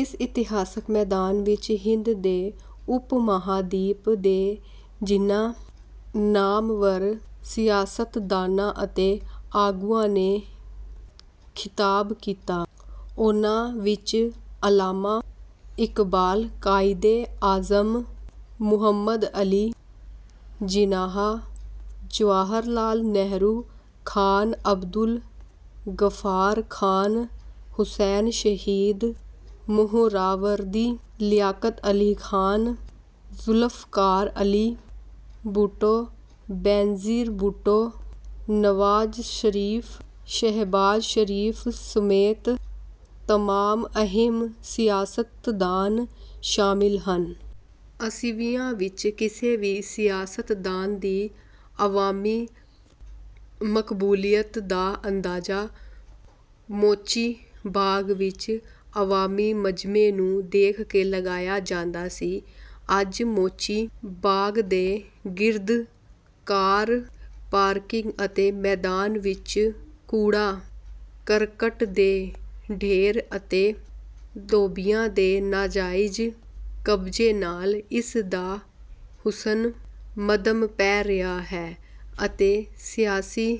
ਇਸ ਇਤਿਹਾਸਕ ਮੈਦਾਨ ਵਿੱਚ ਹਿੰਦ ਦੇ ਉਪ-ਮਹਾਂਦੀਪ ਦੇ ਜਿਨ੍ਹਾਂ ਨਾਮਵਰ ਸਿਆਸਤਦਾਨਾਂ ਅਤੇ ਆਗੂਆਂ ਨੇ ਖ਼ਿਤਾਬ ਕੀਤਾ, ਉਨ੍ਹਾਂ ਵਿੱਚ ਅੱਲਾਮਾ ਇਕਬਾਲ, ਕ਼ਾਇਦੇ ਆਜ਼ਮ ਮੁਹੰਮਦ ਅਲੀ ਜਿਨਾਹ, ਜਵਾਹਰ ਲਾਲ ਨਹਿਰੂ, ਖ਼ਾਨ ਅਬਦੁਲ ਗ਼ੱਫ਼ਾਰ ਖ਼ਾਨ, ਹੁਸੈਨ ਸ਼ਹੀਦ ਸੁਹਰਾਵਰਦੀ, ਲਿਆਕਤ ਅਲੀ ਖ਼ਾਨ, ਜ਼ੁਲਫ਼ਕਾਰ ਅਲੀ ਭੁੱਟੋ, ਬੇਨਜ਼ੀਰ ਭੁੱਟੋ, ਨਵਾਜ਼ ਸ਼ਰੀਫ਼, ਸ਼ਹਿਬਾਜ਼ ਸ਼ਰੀਫ਼ ਸਮੇਤ ਤਮਾਮ ਅਹਿਮ ਸਿਆਸਤਦਾਨ ਸ਼ਾਮਿਲ ਹਨ। ਅੱਸੀਵਿਆਂ ਵਿੱਚ ਕਿਸੇ ਵੀ ਸਿਆਸਤਦਾਨ ਦੀ ਅਵਾਮੀ ਮਕਬੂਲੀਅਤ ਦਾ ਅੰਦਾਜ਼ਾ ਮੋਚੀ ਬਾਗ਼ ਵਿੱਚ ਅਵਾਮੀ ਮਜਮੇ ਨੂੰ ਦੇਖ ਕੇ ਲਗਾਇਆ ਜਾਂਦਾ ਸੀ। ਅੱਜ ਮੋਚੀ ਬਾਗ਼ ਦੇ ਗਿਰਦ ਕਾਰ ਪਾਰਕਿੰਗ ਅਤੇ ਮੈਦਾਨ ਵਿੱਚ ਕੂੜਾ-ਕਰਕਟ ਦੇ ਢੇਰ ਅਤੇ ਧੋਬੀਆਂ ਦੇ ਨਾਜ਼ਾਇਜ਼ ਕਬਜ਼ੇ ਨਾਲ ਇਸ ਦਾ ਹੁਸਨ ਮੱਧਮ ਪੈ ਰਿਹਾ ਹੈ ਅਤੇ ਸਿਆਸੀ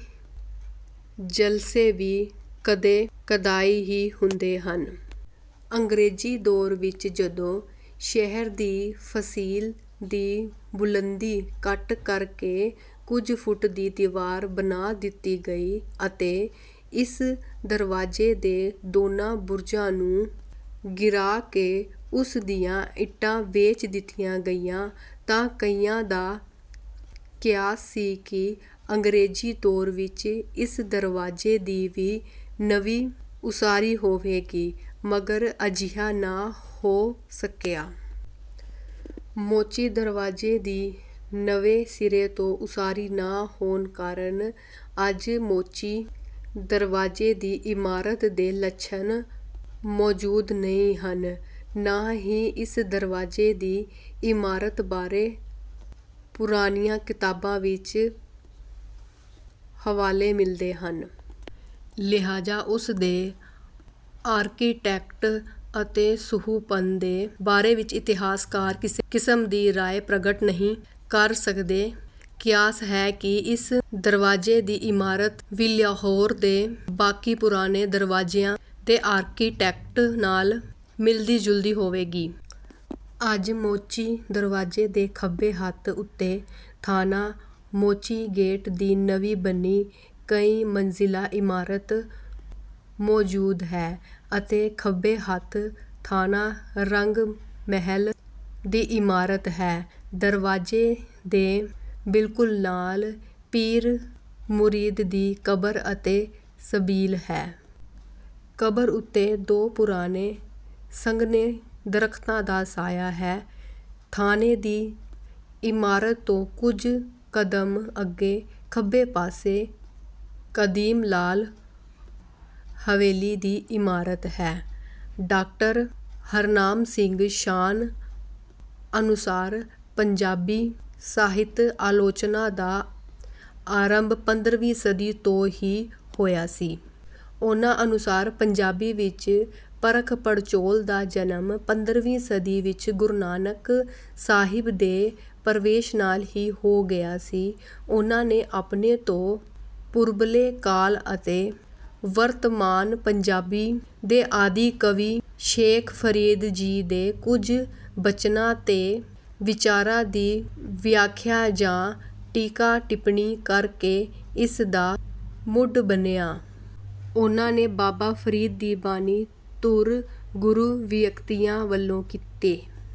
ਜਲਸੇ ਵੀ ਕਦੇ-ਕਦਾਈਂ ਹੀ ਹੁੰਦੇ ਹਨ। ਅੰਗਰੇਜ਼ੀ ਦੌਰ ਵਿੱਚ ਜਦੋਂ ਸ਼ਹਿਰ ਦੀ ਫ਼ਸੀਲ ਦੀ ਬੁਲੰਦੀ ਘੱਟ ਕਰ ਕੇ ਕੁਝ ਫੁੱਟ ਦੀ ਦੀਵਾਰ ਬਣਾ ਦਿੱਤੀ ਗਈ ਅਤੇ ਇਸ ਦਰਵਾਜ਼ੇ ਦੇ ਦੋਨਾਂ ਬੁਰਜਾਂ ਨੂੰ ਗਿਰਾ ਕੇ ਉਸ ਦੀਆਂ ਇੱਟਾਂ ਵੇਚ ਦਿੱਤੀਆਂ ਗਈਆਂ, ਤਾਂ ਕਈਆਂ ਦਾ ਕਿਆਸ ਸੀ ਕਿ ਅੰਗਰੇਜ਼ੀ ਦੌਰ ਵਿੱਚ ਇਸ ਦਰਵਾਜ਼ੇ ਦੀ ਵੀ ਨਵੀਂ ਉਸਾਰੀ ਹੋਵੇਗੀ, ਮਗਰ ਅਜਿਹਾ ਨਾ ਹੋ ਸਕਿਆ। ਮੋਚੀ ਦਰਵਾਜ਼ੇ ਦੀ ਨਵੇਂ ਸਿਰੇ ਤੋਂ ਉਸਾਰੀ ਨਾ ਹੋਣ ਕਾਰਨ ਅੱਜ ਮੋਚੀ ਦਰਵਾਜ਼ੇ ਦੀ ਇਮਾਰਤ ਦੇ ਲੱਛਣ ਮੌਜੂਦ ਨਹੀਂ ਹਨ, ਨਾ ਹੀ ਇਸ ਦਰਵਾਜ਼ੇ ਦੀ ਇਮਾਰਤ ਬਾਰੇ ਪੁਰਾਣੀਆਂ ਕਿਤਾਬਾਂ ਵਿੱਚ ਹਵਾਲੇ ਮਿਲਦੇ ਹਨ। ਲਿਹਾਜ਼ਾ ਉਸ ਦੇ ਆਰਕੀਟੈਕਟ ਅਤੇ ਸੁਹੱਪਣ ਦੇ ਬਾਰੇ ਵਿੱਚ ਇਤਿਹਾਸਕਾਰ ਕਿਸੇ ਕਿਸਮ ਦੀ ਰਾਏ ਪ੍ਰਗਟ ਨਹੀਂ ਕਰ ਸਕਦੇ। ਕਿਆਸ ਹੈ ਕਿ ਇਸ ਦਰਵਾਜ਼ੇ ਦੀ ਇਮਾਰਤ ਵੀ ਲਾਹੌਰ ਦੇ ਬਾਕੀ ਪੁਰਾਣੇ ਦਰਵਾਜ਼ਿਆਂ ਦੇ ਆਰਕੀਟੈਕਟ ਨਾਲ ਮਿਲਦੀ-ਜੁਲਦੀ ਹੋਵੇਗੀ। ਅੱਜ ਮੋਚੀ ਦਰਵਾਜ਼ੇ ਦੇ ਖੱਬੇ ਹੱਥ ਉੱਤੇ ਥਾਣਾ ਮੋਚੀ ਗੇਟ ਦੀ ਨਵੀਂ ਬਣੀ ਕਈ-ਮੰਜ਼ਿਲਾ ਇਮਾਰਤ ਮੌਜੂਦ ਹੈ ਅਤੇ ਖੱਬੇ ਹੱਥ ਥਾਣਾ ਰੰਗ-ਮਹਲ ਦੀ ਇਮਾਰਤ ਹੈ। ਦਰਵਾਜ਼ੇ ਦੇ ਬਿਲਕੁਲ ਨਾਲ ਪੀਰ ਮੁਰੀਦ ਦੀ ਕਬਰ ਅਤੇ ਸਬੀਲ ਹੈ। ਕਬਰ ਉੱਤੇ ਦੋ ਪੁਰਾਣੇ ਸੰਘਣੇ ਦਰਖਤਾਂ ਦਾ ਸਾਇਆ ਹੈ। ਥਾਣੇ ਦੀ ਇਮਾਰਤ ਤੋਂ ਕੁਝ ਕ਼ਦਮ ਅੱਗੇ ਖੱਬੇ ਪਾਸੇ ਕਦੀਮ ਲਾਲ ਹਵੇਲੀ ਦੀ ਇਮਾਰਤ ਹੈ। ਡਾਕਟਰ ਹਰਨਾਮ ਸਿੰਘ ਸ਼ਾਨ ਅਨੁਸਾਰ ਪੰਜਾਬੀ ਸਾਹਿਤ-ਆਲੋਚਨਾ ਦਾ ਆਰੰਭ ਪੰਦਰਵੀਂ ਸਦੀ ਤੋਂ ਹੀ ਹੋਇਆ ਸੀ। ਉਨ੍ਹਾਂ ਅਨੁਸਾਰ ਪੰਜਾਬੀ ਵਿੱਚ ਪਰਖ-ਪੜਚੋਲ ਦਾ ਜਨਮ, ਪੰਦਰਵੀਂ ਸਦੀ ਵਿੱਚ ਗੁਰੂ ਨਾਨਕ ਸਾਹਿਬ ਦੇ ਪ੍ਰਵੇਸ਼ ਨਾਲ ਹੀ ਹੋ ਗਿਆ ਸੀ। ਉਨ੍ਹਾਂ ਨੇ ਆਪਣੇ ਤੋਂ ਪੂਰਬਲੇ ਕਾਲ ਅਤੇ ਵਰਤਮਾਨ ਪੰਜਾਬੀ ਦੇ ਆਦਿ ਕਵੀ ਸ਼ੇਖ ਫਰੀਦ ਜੀ ਦੇ ਕੁਝ ਬਚਨਾਂ ਤੇ ਵਿਚਾਰਾਂ ਦੀ ਵਿਆਖਿਆ ਜਾਂ ਟੀਕਾ-ਟਿੱਪਣੀ ਕਰਕੇ ਇਸ ਦਾ ਮੁੱਢ ਬੰਨ੍ਹਿਆ। ਉਨ੍ਹਾਂ ਨੇ ਬਾਬਾ ਫਰੀਦ ਦੀ ਬਾਣੀ ਧੁਰ ਗੁਰੂ ਵਿਅਕਤੀਆਂ ਵੱਲੋਂ ਕੀਤੇ।